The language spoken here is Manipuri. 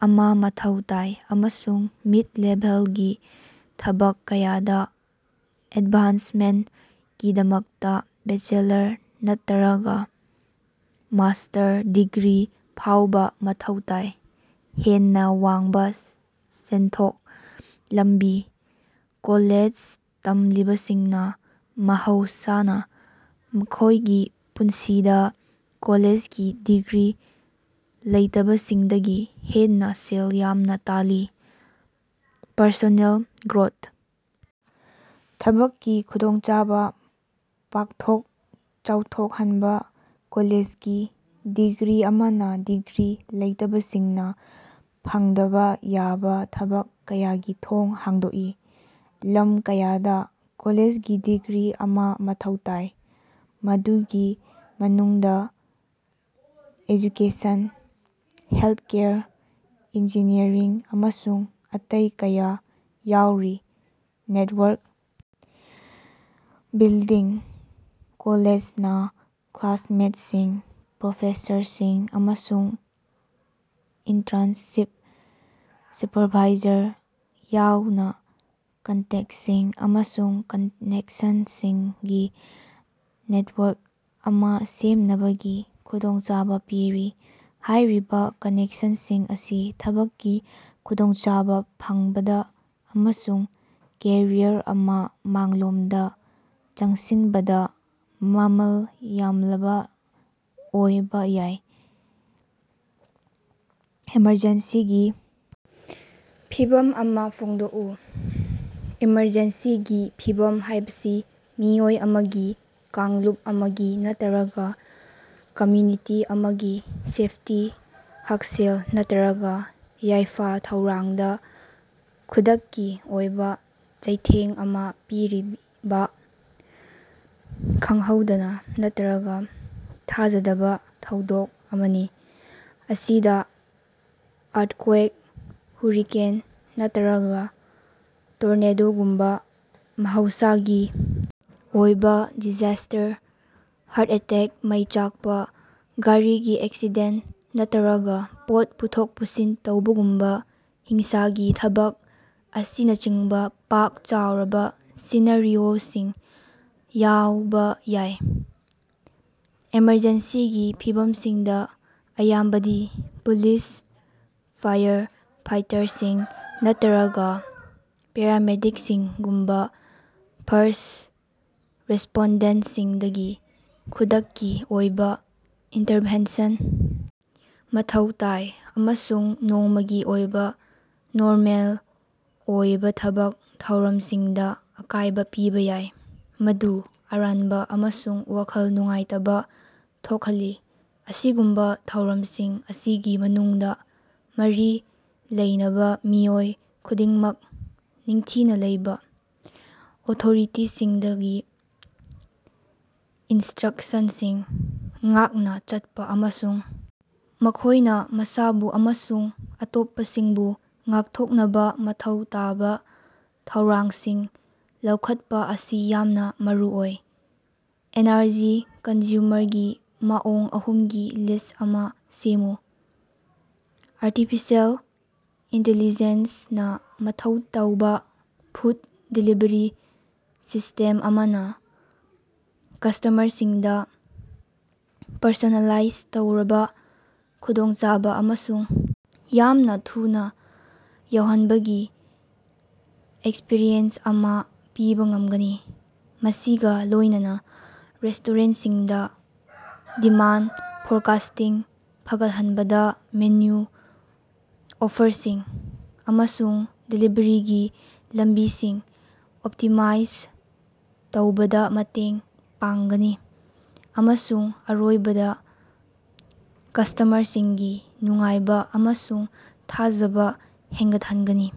ꯑꯃ ꯃꯊꯧ ꯇꯥꯏ, ꯑꯃꯁꯨꯡ ꯃꯤꯗ-ꯂꯦꯚꯦꯜꯒꯤ ꯊꯕꯛ ꯀꯌꯥꯗ ꯑꯦꯗꯚꯥꯟꯁꯃꯦꯟꯇꯀꯤꯗꯃꯛꯇ ꯕꯦꯆꯦꯂꯔ ꯅꯠꯇꯔꯒ ꯃꯥꯁ꯭ꯇꯔ ꯗꯤꯒ꯭ꯔꯤ ꯐꯥꯎꯕ ꯃꯊꯧ ꯇꯥꯏ꯫ ꯍꯦꯟꯅ ꯋꯥꯡꯕ ꯁꯦꯟꯊꯣꯛ ꯂꯝꯕꯤ- ꯀꯣꯂꯦꯖ ꯇꯝꯂꯤꯕꯁꯤꯡꯅ ꯃꯍꯧꯁꯥꯅ ꯃꯈꯣꯏꯒꯤ ꯄꯨꯟꯁꯤꯗ ꯀꯣꯂꯦꯖꯒꯤ ꯗꯤꯒ꯭ꯔꯤ ꯂꯩꯇꯕꯁꯤꯡꯗꯒꯤ ꯍꯦꯟꯅ ꯁꯦꯜ ꯌꯥꯝꯅ ꯇꯥꯜꯂꯤ꯫ ꯄꯔꯁꯣꯅꯦꯜ ꯒ꯭ꯔꯣꯊ- ꯊꯕꯛꯀꯤ ꯈꯨꯗꯣꯡꯆꯥꯕ ꯄꯥꯛꯊꯣꯛ ꯆꯥꯎꯊꯣꯛꯍꯟꯕ - ꯀꯣꯂꯦꯖꯒꯤ ꯗꯤꯒ꯭ꯔꯤ ꯑꯃꯅ ꯗꯤꯒ꯭ꯔꯤ ꯂꯩꯇꯕꯁꯤꯡꯅ ꯐꯪꯗꯕꯥ ꯌꯥꯕ ꯊꯕꯛ ꯀꯌꯥꯒꯤ ꯊꯣꯡ ꯍꯥꯡꯗꯣꯛꯏ꯫ ꯂꯝ ꯀꯌꯥꯗ ꯀꯣꯂꯦꯖꯒꯤ ꯗꯤꯒ꯭ꯔꯤ ꯑꯃ ꯃꯊꯧ ꯇꯥꯏ, ꯃꯗꯨꯒꯤ ꯃꯅꯨꯡꯗ ꯑꯦꯖꯨꯀꯦꯁꯟ, ꯍꯦꯜꯊꯀꯦꯌꯔ, ꯏꯟꯖꯤꯅꯤꯌꯔꯤꯡ ꯑꯃꯁꯨꯡ ꯑꯇꯩ ꯀꯌꯥ ꯌꯥꯎꯔꯤ꯫ ꯅꯦꯠꯋꯥꯔꯛ ꯕꯤꯜꯗꯤꯡ - ꯀꯣꯂꯦꯖꯅꯥ ꯀ꯭ꯂꯥꯁꯃꯦꯠꯁꯤꯡ, ꯄ꯭ꯔꯣꯐꯦꯁꯔꯁꯤꯡ, ꯑꯃꯁꯨꯡ ꯏꯟꯇ꯭ꯔꯟꯁꯤꯞ ꯁꯨꯄꯔꯚꯥꯏꯖꯔꯁꯤꯡ ꯌꯥꯎꯅ ꯀꯟꯇꯦꯛꯇꯁꯤꯡ ꯑꯃꯁꯨꯡ ꯀꯥꯅꯦꯛꯁꯟꯁꯤꯡꯒꯤ ꯅꯦꯠꯋꯥꯔꯛ ꯑꯃ ꯁꯦꯝꯅꯕꯒꯤ ꯈꯨꯗꯣꯡꯆꯥꯕ ꯄꯤꯔꯤ꯫ ꯍꯥꯏꯔꯤꯕ ꯀꯥꯅꯦꯛꯁꯟꯁꯤꯡ ꯑꯁꯤ ꯊꯕꯛꯀꯤ ꯈꯨꯗꯣꯡꯆꯥꯕ‌ ꯐꯪꯕꯗꯥ ꯑꯃꯁꯨꯡ ꯀꯦꯔꯤꯌꯔ ꯑꯃꯗ ꯃꯥꯡꯂꯣꯝꯗ ꯆꯪꯁꯤꯟꯕꯗꯥ ꯃꯃꯜ ꯌꯥꯝꯂꯕꯥ ꯑꯣꯏꯕ ꯌꯥꯏ꯫ ꯑꯦꯃꯔꯖꯦꯟꯁꯤꯒꯤ ꯐꯤꯚꯝ ꯑꯃ ꯐꯣꯡꯗꯣꯛꯎ꯫ ꯑꯦꯃꯔꯖꯦꯟꯁꯤꯒꯤ ꯐꯤꯚꯝ ꯍꯥꯏꯕꯁꯤ ꯃꯤꯑꯣꯏ ꯑꯃꯒꯤ, ꯀꯥꯡꯂꯨꯞ ꯑꯃꯒꯤ ꯅꯠꯇꯔꯒ ꯀꯝꯃ꯭ꯌꯨꯅꯤꯇꯤ ꯑꯃꯒꯤ ꯁꯦꯐꯇꯤ, ꯍꯛꯁꯦꯜ ꯅꯠꯇꯔꯒ ꯌꯥꯏꯐ-ꯊꯧꯔꯥꯡꯗ ꯈꯨꯗꯛꯀꯤ ꯑꯣꯏꯕ ꯆꯩꯊꯦꯡ ꯑꯃ ꯄꯤꯔꯤꯕ ꯈꯪꯍꯧꯗꯅꯥ ꯅꯠꯇꯔꯒ ꯊꯥꯖꯗꯕꯥ ꯊꯧꯗꯣꯛ ꯑꯃꯅꯤ꯫ ꯑꯁꯤꯗ ꯑꯥ꯭ꯔꯊꯀ꯭ꯋꯦꯛ, ꯍꯨꯔꯤꯀꯦꯟ ꯅꯠꯇꯔꯒ ꯇꯣꯔꯅꯥꯗꯣꯒꯨꯝꯕ ꯃꯍꯧꯁꯥꯒꯤ ꯑꯣꯏꯕ ꯗꯤꯖꯥꯁꯇꯔ, ꯍꯥ꯭ꯔꯠ ꯑꯦꯇꯦꯛ, ꯃꯩ ꯆꯥꯛꯄ, ꯒꯥꯔꯤꯒꯤ ꯑꯦꯛꯁꯤꯗꯦꯟꯇ ꯅꯠꯇꯔꯒꯥ ꯄꯣꯠ ꯄꯨꯊꯣꯛ ꯄꯨꯁꯤꯟ ꯇꯧꯕꯒꯨꯝꯕ ꯍꯤꯡꯁꯥꯒꯤ ꯊꯕꯛ ꯑꯁꯤꯅꯆꯤꯡꯕ ꯄꯥꯛ-ꯆꯥꯎꯔꯕꯥ ꯁꯤꯅꯥꯔꯤꯑꯣꯁꯤꯡ ꯌꯥꯎꯕ ꯌꯥꯏ꯫ ꯑꯦꯃꯔꯖꯦꯟꯁꯤꯒꯤ ꯐꯤꯚꯝꯁꯤꯡꯗ ꯑꯌꯥꯝꯕꯗꯤ ꯄꯨꯂꯤꯁ, ꯐꯥꯏꯌꯔ ꯐꯥꯏꯇꯔꯁꯤꯡ ꯅꯠꯇꯔꯒꯥ ꯄꯦꯔꯥꯃꯦꯗꯤꯛꯁꯤꯡꯒꯨꯝꯕ ꯐꯥꯔꯁ꯭ꯠ ꯔꯦꯁꯄꯣꯟꯗꯦꯟꯇꯁꯤꯡꯗꯒꯤ ꯈꯨꯗꯛꯀꯤ ꯑꯣꯏꯕ ꯏꯟꯇꯔꯚꯦꯟꯁꯟ ꯃꯊꯧ ꯇꯥꯏ ꯑꯃꯁꯨꯡ ꯅꯣꯡꯃꯒꯤ ꯑꯣꯏꯕ ꯅꯣꯔꯃꯦꯜ ꯑꯣꯏꯕ ꯊꯕꯛ ꯊꯧꯔꯝꯁꯤꯡꯗ ꯑꯀꯥꯏꯕ ꯄꯤꯕ ꯌꯥꯏ, ꯃꯗꯨ ꯑꯔꯥꯟꯕ ꯑꯃꯁꯨꯡ ꯋꯥꯈꯜ ꯅꯨꯡꯉꯥꯏꯇꯕꯥ ꯊꯣꯛꯍꯜꯂꯤ꯫ ꯑꯁꯤꯒꯨꯝꯕ ꯊꯧꯔꯝꯁꯤꯡ ꯑꯁꯤꯒꯤ ꯃꯅꯨꯡꯗ, ꯃꯔꯤ ꯂꯩꯅꯕꯥ ꯃꯤꯑꯣꯏ ꯈꯨꯗꯤꯡꯃꯛ ꯅꯤꯡꯊꯤꯅ ꯂꯩꯕ, ꯑꯣꯊꯣꯔꯤꯇꯤꯁꯤꯡꯗꯒꯤ ꯏꯟꯁꯇ꯭ꯔꯛꯁꯟꯁꯤꯡ ꯉꯥꯛꯅ ꯆꯠꯄꯥ, ꯑꯃꯁꯨꯡ ꯃꯈꯣꯏꯅ ꯃꯁꯥꯕꯨ ꯑꯃꯁꯨꯡ ꯑꯇꯣꯞꯄꯁꯤꯡꯕꯨ ꯉꯥꯛꯊꯣꯛꯅꯕꯥ ꯃꯊꯧ ꯇꯥꯕ ꯊꯧꯔꯥꯡꯁꯤꯡ ꯂꯧꯈꯠꯄ ꯑꯁꯤ ꯌꯥꯝꯅ ꯃꯔꯨꯑꯣꯏ꯫ ꯑꯦꯅꯔꯖꯤ ꯀꯟꯖ꯭ꯌꯨꯃꯔꯒꯤ ꯃꯑꯣꯡ ꯑꯍꯨꯝꯒꯤ ꯂꯤꯁ꯭ꯠ ꯑꯃ ꯁꯦꯝꯃꯨ꯫ ꯑꯥꯔꯇꯤꯐꯤꯁꯤꯑꯦꯜ ꯏꯟꯇꯤꯂꯤꯖꯦꯟꯁ ꯅꯥ ꯃꯊꯧ ꯇꯧꯕ ꯐꯨꯗ ꯗꯦꯂꯤꯕꯔꯤ ꯁꯤꯁꯇꯦꯝ ꯑꯃꯅ ꯀꯁ꯭ꯇꯃꯔꯁꯤꯡꯗ ꯄꯔꯁꯣꯅꯦꯂꯥꯏꯖ ꯇꯧꯔꯕ, ꯈꯨꯗꯣꯡꯆꯥꯕ‌ ꯑꯃꯁꯨꯡ ꯌꯥꯝꯅ ꯊꯨꯅ ꯌꯧꯍꯟꯕꯒꯤ ꯑꯦꯛꯁꯄꯔꯤꯌꯦꯟꯁ ꯑꯃ ꯄꯤꯕ ꯉꯝꯒꯅꯤ, ꯃꯁꯤꯒ ꯂꯣꯏꯅꯅꯥ ꯔꯦꯁꯇꯣꯔꯦꯟꯇꯁꯤꯡꯗ ꯗꯤꯃꯥꯟꯗ ꯐꯣꯔꯀꯥꯁꯇꯤꯡ ꯐꯒꯠꯍꯟꯕꯗꯥ, ꯃꯦꯅꯨ ꯑꯣꯐꯔꯁꯤꯡ ꯑꯃꯁꯨꯡ ꯗꯦꯂꯤꯕꯔꯤꯒꯤ ꯂꯝꯕꯤꯁꯤꯡ ꯑꯣꯞꯇꯤꯃꯥꯏꯖ ꯇꯧꯕꯗ ꯃꯇꯦꯡ ꯄꯥꯡꯒꯅꯤ, ꯑꯃꯁꯨꯡ ꯑꯔꯣꯏꯕꯗꯥ ꯀꯁ꯭ꯇꯃꯔꯁꯤꯡꯒꯤ ꯅꯨꯡꯉꯥꯏꯕ ꯑꯃꯁꯨꯡ ꯊꯥꯖꯕ ꯍꯦꯟꯒꯠꯍꯟꯒꯅꯤ꯫